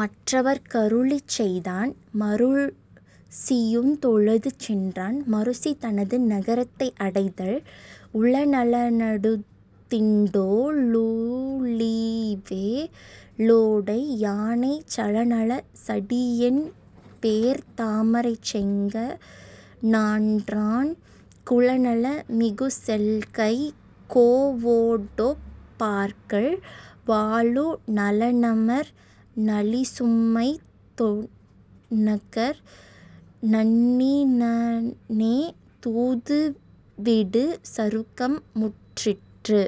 மற்றவர்க் கருளிச் செய்தான் மருசியுந் தொழுது சென்றான் மருசி தனது நகரத்தை அடைதல் உலனல னடுதிண்டோ ளூழிவே லோடை யானைச் சலநல சடியென்பேர்த் தாமரைச் செங்க ணான்றன் குலநல மிகுசெல்கைக் கோவொடொப் பார்கள் வாழு நலனமர் நளிசும்மைத் தொன்னகர் நண்ணி னானே தூதுவிடு சருக்கம் முற்றிற்று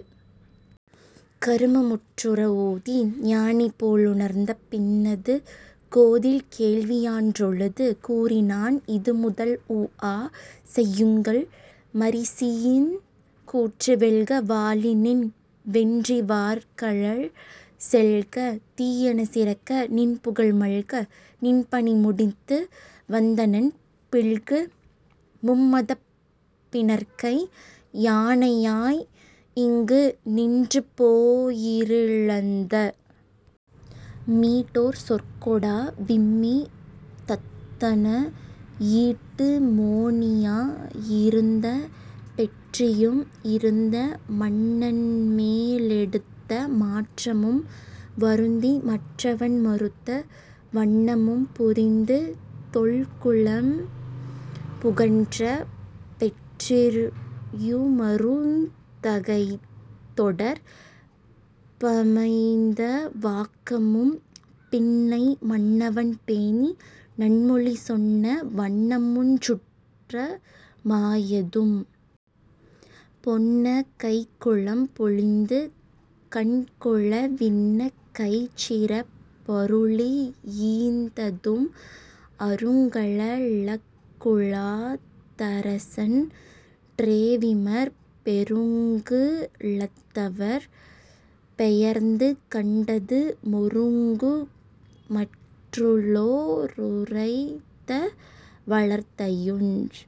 கரும முற்றுற ஓதி ஞானிபோ லுணர்ந்த பின்னது கோதில் கேள்வியான் றொழுது கூறினான் இதுமுதல் உஅ செய்யுள்கள் மரீசியின் கூற்று வெல்க வாழிநின் வென்றிவார்கழல் செல்க தீயன சிறக்க நின்புகழ் மல்க நின்பணி முடித்து வந்தனன் பில்கு மும்மதப் பிணர்க்கை யானையாய் இங்கு நின்றுபோ யிழிந்த மீட்டொர் சொற்கொடா விம்மி தத்தனா யீட்டு மோனியா யிருந்த பெற்றியும் இருந்த மன்னன்மே லெடுத்த மாற்றமும் வருந்தி மற்றவன் மறுத்த வன்ணமும் புரிந்து தொல்குலம் புகன்ற பெற்றியு மருந் தகைத் தொடர் பமைந்த வாக்கமும் பின்னை மன்னவன் பேணி நன்மொழி சொன்ன வண்ணமுஞ் சுற்ற மாயதும் பொன்ன கைக்குலம் பொலிந்து கண்கொள வின்ன கைச்சிறப் பருளி யீந்ததும் அருங்கல லக்குழாத் தரசன் றேவிமார் பெருங்கு லத்தவர் பெயர்ந்து கண்டது மொருங்கு மற்றுளோ ருரைத்த வார்த்தையுஞ்